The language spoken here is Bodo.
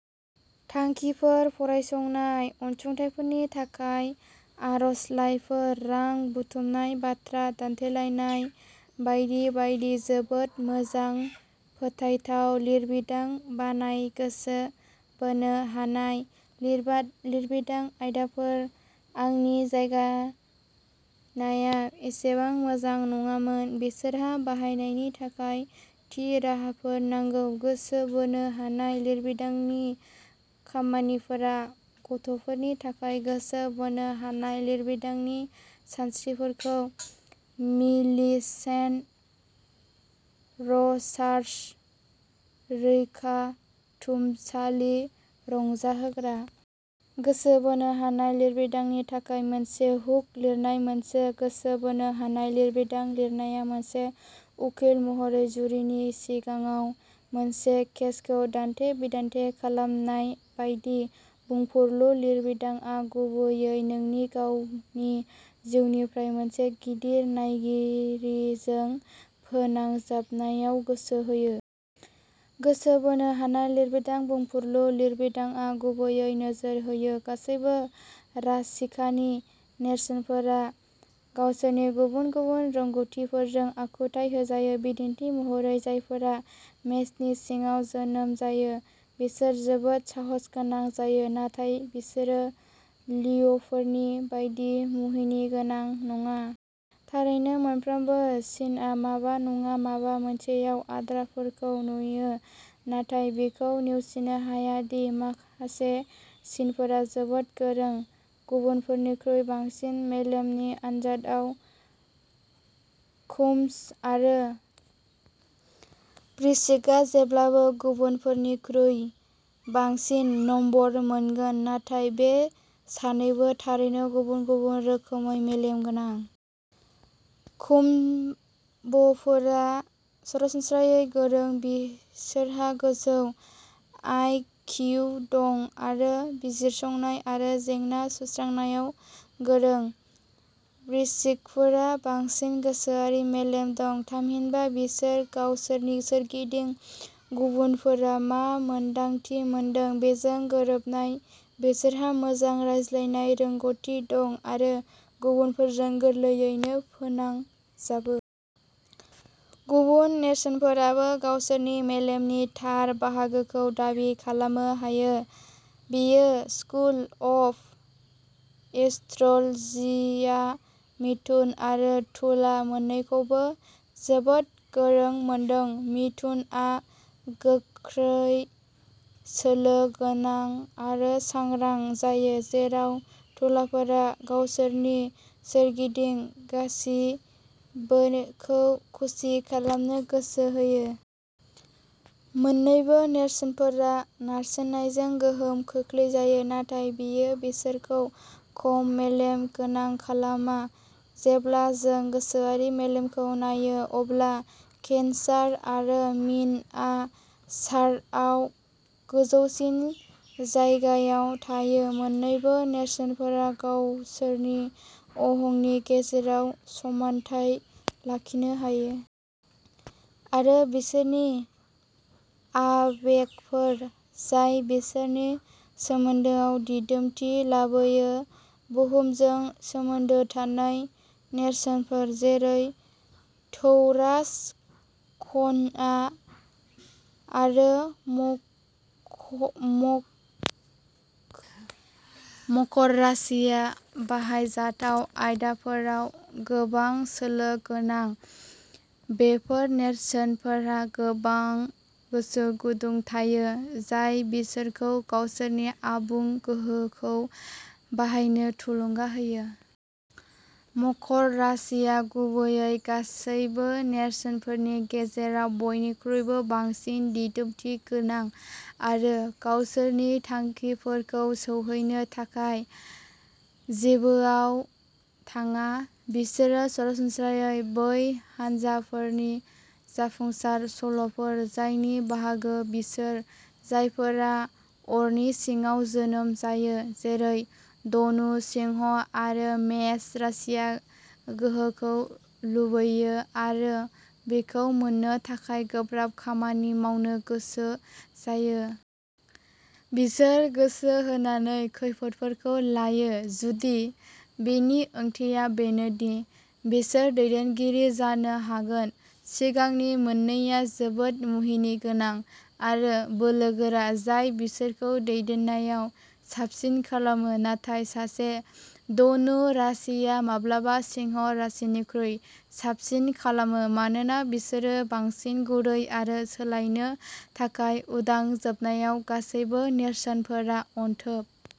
थांखिफोर फरायसंनाय अनसुंथाइफोरनि थाखाय आर'जलाइफोर, रां बुथुमनाय, बाथ्रा दान्थेलायनाय बायदि बायदि। जोबोद मोजां फोथायथाव लिरबिदां बानाय। गोसो बोनो हानाय लिरबां लिरबिदां आयदाफोर। आंनि जायगानाया एसेबां मोजां नङामोन। बिसोरहा बाहायनायनि थाखाय थि राहाफोर नांगौ। गोसो बोनो हानाय लिरबिदांनि खामानिफोरा गथ'फोरनि थाखाय गोसो बोनो हानाय लिरबिदांनि सानस्रिफोरखौ मिलिसेन्ट रजार्स रैखाथुमसालि रंजाहोग्रा। गोसो बोनो हानाय लिरबिदांनि थाखाय मोनसे हुक लिरनाय। मोनसे गोसो बोनो हानाय लिरबिदां लिरनाया मोनसे उखिल महरै जुरिनि सिगाङाव मोनसे केसखौ दान्थे-बिदान्थे खालामनाय बायदि। बुंफुरलु लिरबिदांआ गुबैयै नोंनि गावनि जिउनिफ्राय मोनसे गिदिर नायगिरिजों फोनांजाबनायाव गोसो होयो। गोसो बोनो हानाय लिरबिदां बुंफुरलु लिरबिदांआ गुबैयै नोजोर होयो। गासैबो राशिकानि नेरसोनफोरा गावसोरनि गुबुन-गुबुन रोंग'थिफोरजों आखुथाइ होजायो। बिदिन्थि महरै जायफोरा मेषनि सिङाव जोनोम जायो बिसोर जोबोद साहसगोनां जायो नाथाय बिसोरो लिअ'फोरनि बायदि मुहिनिगोनां नङा। थारैनो मोनफ्रोमबो सिनआ माबा नङा माबा मोनसेयाव आद्राफोरखौ नुयो। नाथाय बेखौ नेवसिनो हाया दि माखासे सिनफोरा जोबोद गोरों। गुबुनफोरनिख्रुइ बांसिन। मेलेमनि आन्जादआव कुम्भ आरो वृश्रिकआ जेब्लाबो गुबुनफोरनिख्रुइ बांसिन नम्बर मोनगोन। नाथाय बे सानैबो थारैनो गुबुन गुबुन रोखोमै मेलेम गोनां। कुम्भ'फोरा सरासनस्रायै गोरों। बिसोरहा गोजौ आइ. किउ. दं आरो बिजिरसंनाय आरो जेंना सुस्रांनायाव गोरों। वृश्रिकफोरहा बांसिन गोसोआरि मेलेम दं थामहिनबा बिसोर गावसोरनि सोरगिदिं गुबुनफोरा मा मोन्दांथि मोनदों बेजों गोरोबनाय। बिसोरहा मोजां रायज्लायनाय रोंग'थि दं आरो गुबुनफोरजों गोरलैयैनो फोनांजाबो। गुबुन नेरसोनफोराबो गावसोरनि मेलेमनि थार बाहागोखौ दाबि खालामनो हायो। मेयो स्कुल अफ एस्ट्र'ल'जिआ मिथुन आरो तुला मोननैखौबो जोबोद गोरों मोनदों। मिथुनआ गोख्रै सोलो गोनां आरो सांग्रां जायो जेराव तुलाफोरा गावसोरनि सोरगिदिं गासिबोखौ खुसि खालामनो गोसो होयो। मोननैबो नेरसोनफोरा नारसिननायजों गोहोम खोख्लैजायो नाथाय बेयो बिसोरखौ खम मेलेम गोनां खालामा। जेब्ला जों गोसोआरि मेलेमखौ नायो अब्ला केन्सार आरो मीनआ सार्टआव गोजौसिन जायगायाव थायो। मोननैबो नेरसोनफोरा गावसोरनि अहंनि गेजेराव समानथाय लाखिनो हायो। आरो बिसोरनि आबेगफोर जाय बिसोरनि सोमोन्दोआव दिदोमथि लाबोयो। बुहुमजों सोमोन्दो थानाय नेरसोनफोर जेरै टौरास, कन्या आरो म मकर राशिया बाहायजाथाव आयदाफोराव गोबां सोलो गोनां। बेफोर नेरसोनफोरहा गोबां गोसो गुदुं थायो जाय बिसोरखौ गावसोरनि आबुं गोहोखौ बाहायनो थुलुंगा होयो। मकर राशिया गुबैयै गासैबो नेरसोनफोरनि गेजेराव बयनिख्रुइबो बांसिन दिदोमथि गोनां आरो गावसोरनि थांखिफोरखौ सौहैनो थाखाय जेबोआव थाङा। बिसोरो सरासनस्रायै बै हानजाफोरनि जाफुंसार सल'फोर जायनि बाहागो बिसोर, जायफोरा अरनि सिङाव जोनोम जायो जेरै धनु, सिंह आरो मेष राशिया गोहोखौ लुबैयो आरो बेखौ मोननो थाखाय गोब्राब खामानि मावनो गोसो जायो। बिसोर गोसो होनानै खैफोदफोरखौ लायो जुदि बेनि ओंथिया बेनो दि बिसोर दैदेनगिरि जानो हागोन। सिगांनि मोननैआ जोबोद मुहिनिगोनां आरो बोलोगोरा, जाय बिसोरखौ दैदेननायाव साबसिन खालामो। नाथाय सासे धनु राशिया माब्लाबा सिंह राशिनिख्रुइ साबसिन खालामो मानोना बिसोरो बांसिन गुरै आरो सोलायनो थाखाय उदां। जोबनायाव, गासैबो नेरसोनफोरा अनथोब।